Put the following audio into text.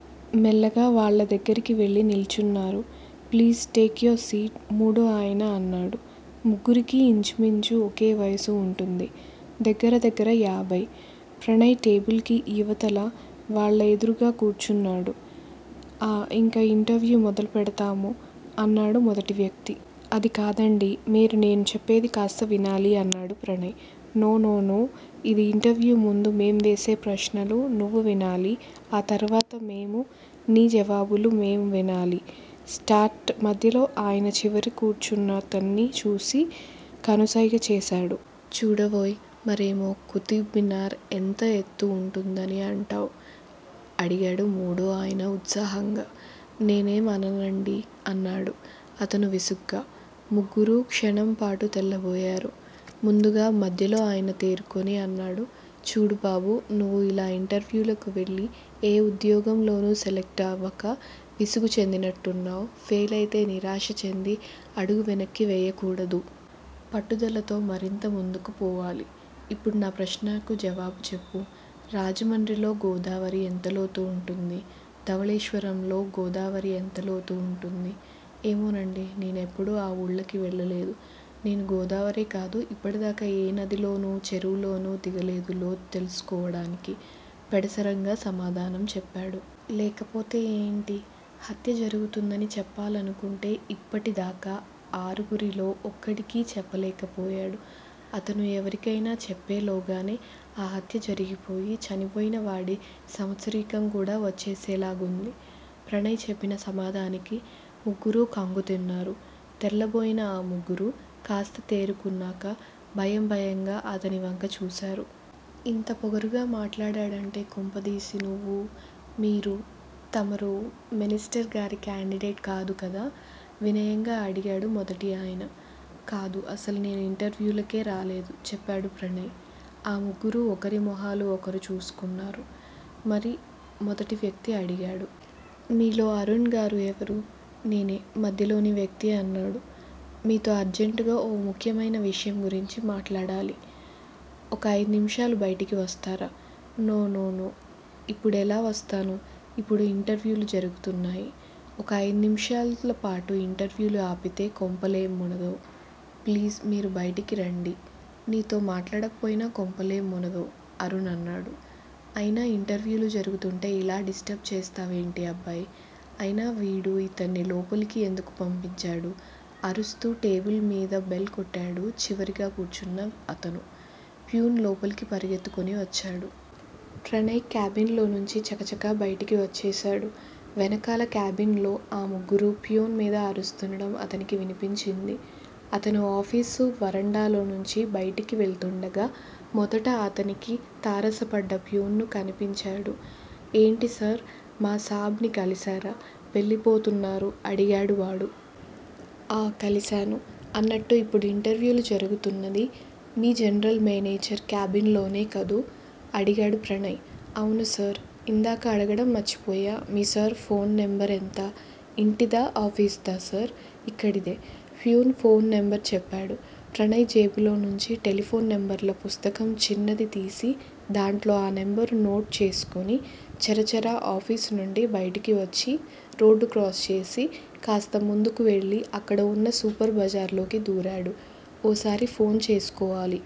మెల్లగా వాళ్ళ దగ్గరికి వెళ్ళి నిల్చున్నారు. ప్లీజ్! టేక్ యువర్ సీట్ మూడో ఆయన అన్నాడు. ముగ్గురికీ ఇంచుమించు ఒకే వయసు వుంటుంది. దగ్గర దగ్గర యాభై! ప్రణయ్ టేబుల్ కి ఇవతల, వాళ్ళ ఎదురుగా కూర్చున్నాడు. ఆ ఇంక ఇంటర్వ్యూ మొదలుపెడ్తాము అన్నాడు మొదటి వ్యక్తి. అది కాదండీ మీరు నేను చెప్పేది కాస్త వినాలి అన్నాడు ప్రణయ్. నో! నో! నో! ఇది ఇంటర్వ్యూ ముందు మేం వేసే ప్రశ్నలు నువ్వు వినాలి ఆ తర్వాత మేము నీ జవాబులు మేము వినాలి. స్టార్ట్ మధ్యలో ఆయన చివర కూర్చున్నతన్ని చూసి కనుసైగ చేశాడు. చూడవోయ్! మరేమో కుతుబ్ మీనార్ ఎంత ఎత్తుంటుందని అంటావ్? అడిగాడు మూడో అయన ఉత్సాహంగా. నేనేం అననండీ అన్నాడు అతను విసుగ్గా. ముగ్గురూ క్షణంపాటు తెల్లబోయారు. ముందుగా మద్యలో అయన తేరుకుని అన్నాడు చూడు బాబూ! నువ్వు చాలా ఇంటర్వ్యూలకి వెళ్ళి ఏ ఉద్యోగం లోనూ సెలెక్ట్ అవక విసుగు చెందినట్టున్నావ్, ఫెయిలయితే నిరాశ చెంది అడుగు వెనక్కి వేయకూడదు. పట్టుదలతో మరింత ముందుకి పోవాలి. ఇప్పుడు నా ప్రశ్నకు జవాబు చెప్పు. రాజమండ్రిలో గోదావరి ఎంత లోతు వుంటుంది? ధవళేశ్వరంలో గోదావరి ఎంత లోతు వుంటుంది? ఏమోనండీ నేనెప్పుడూ ఆ వూళ్ళకి వెళ్ళలేదు. నేను గోదావరే కాదు ఇప్పటిదాకా ఏ నదిలోనూ, చెరువులోనూ దిగలేదు లోతు తెలుసు కోవడానికి పెడసరంగా సమాధానం చెప్పాడు. లేకపోతే ఏంటి? హత్య జరుగుతుందని చెప్పాలనుకుంటే ఇప్పటి దాకా ఆరుగురిలో ఒక్కడికీ చెప్పలేకపోయాడు, అతను ఎవరికయినా చెప్పెలోగానే ఆ హత్య జరిగిపోయి, చనిపోయిన వాడి సంవత్సరీకం కూడా వచ్చేసేలాగుంది. ప్రణయ్ చెప్పిన సమాధానికి ముగ్గురూ ఖంగుతిన్నారు. తెల్లబోయిన ఆ ముగ్గురూ కాస్త తేరుకున్నాక భయం భయంగా అతనివంక చూశారు. ఇంత పొగరుగా మాట్లాడాడంటే కొంపదీసి నువ్వూ మీరూ తమరూ మినిస్టర్ గారి క్యాండిడేట్ కాదు కదా? వినయంగా అడిగాడు మొదటి ఆయన. కాదు అసలు నేను ఇంటర్వ్యూల కే రాలేదు చెప్పాడు ప్రణయ్. ఆ ముగ్గురూ ఒకరి మొహాలు ఒకరు చూసుకున్నారు. మరి? మొదటి వ్యక్తి అడిగాడు. మీలో అరుణ్ గారు ఎవరు? నేనే మధ్యలోని వ్యక్తి అన్నాడు. మీతో అర్జెంటుగా ఓ ముఖ్యమైన విషయం గురించి మాట్లాడాలి. ఒక అయిదు నిమిషాలు బయటికి వస్తారా? No no! నో! ఇప్పుడెలా వస్తాను? ఇప్పుడు ఇంటర్వ్యూలు జరుగుతున్నాయి. ఒక అయిదు నిమిషాలపాటు ఇంటర్వ్యూలు ఆపితే కొంపలేంమునగవ్. ప్లీజ్! మీరు బయటికిరండి. నీతో మాటాడకపోయినా కొంపలేం మునగవ్ అరుణ్ అన్నాడు. అయినా ఇంటర్వ్యూలు జరుగుతుంటే ఇలా డిస్టర్బ్ చేస్తావేంటి అబ్బాయ్? అయినా వీడు ఇతన్ని లోపలికి ఎందుకు పంపించాడు? అరుస్తూ టేబిల్ మీది బెల్ కొట్టాడు చివరగా కూర్చున్నతను. ఫ్యూన్ లోపలికి పరిగెత్తుకుని వచ్చాడు. ప్రణయ్ క్యాబిన్ లోనుంచి చకచకా బయటికి వచ్చేశాడు. వెనకాల క్యాబినులో ఆ ముగ్గురూ ఫ్యూన్ మీద అరుస్తూండడం అతనికి వినిపించింది. అతను ఆఫీసు వరండాలోనుంచి బయటికి వెళుతుండగా మొదట అతనికి తారసపడ్డ ఫ్యూను కనిపించాడు. ఏంటి సార్? మా సాబ్ ని కలిశారా? వెళ్ళిపోతున్నారు అడిగాడు వాడు. ఆ కలిశాను. అన్నట్టు ఇప్పుడు ఇంటర్వ్యూలు జరుగుతున్నది. మీ జనరల్ మేనేజరు క్యాబినులోనే కదూ? అడిగాడు ప్రణయ్. అవును సార్! ఇందాక అడగడం మర్చిపోయా మీ సార్ ఫోను నంబరెంత? ఇంటిదా, ఆఫీసుదా సార్? ఇక్కడిదే. ఫ్యూను ఫోను నంబరు చెప్పాడు. ప్రణయ్ జేబులోంచి టెలిఫోను నంబర్ల పుస్తకం చిన్నది తీసి దాంట్లో ఆ నంబరు నోట్ చేసుకుని చరచరా ఆఫీసునుండి బయటికివచ్చి రోడ్డు క్రాస్ చేసి, కాస్త ముందుకు వెళ్ళి అక్కడ వున్న సూపర్ బజార్లోకి దూరాడు. ఓసారి ఫోను చేసుకోవాలి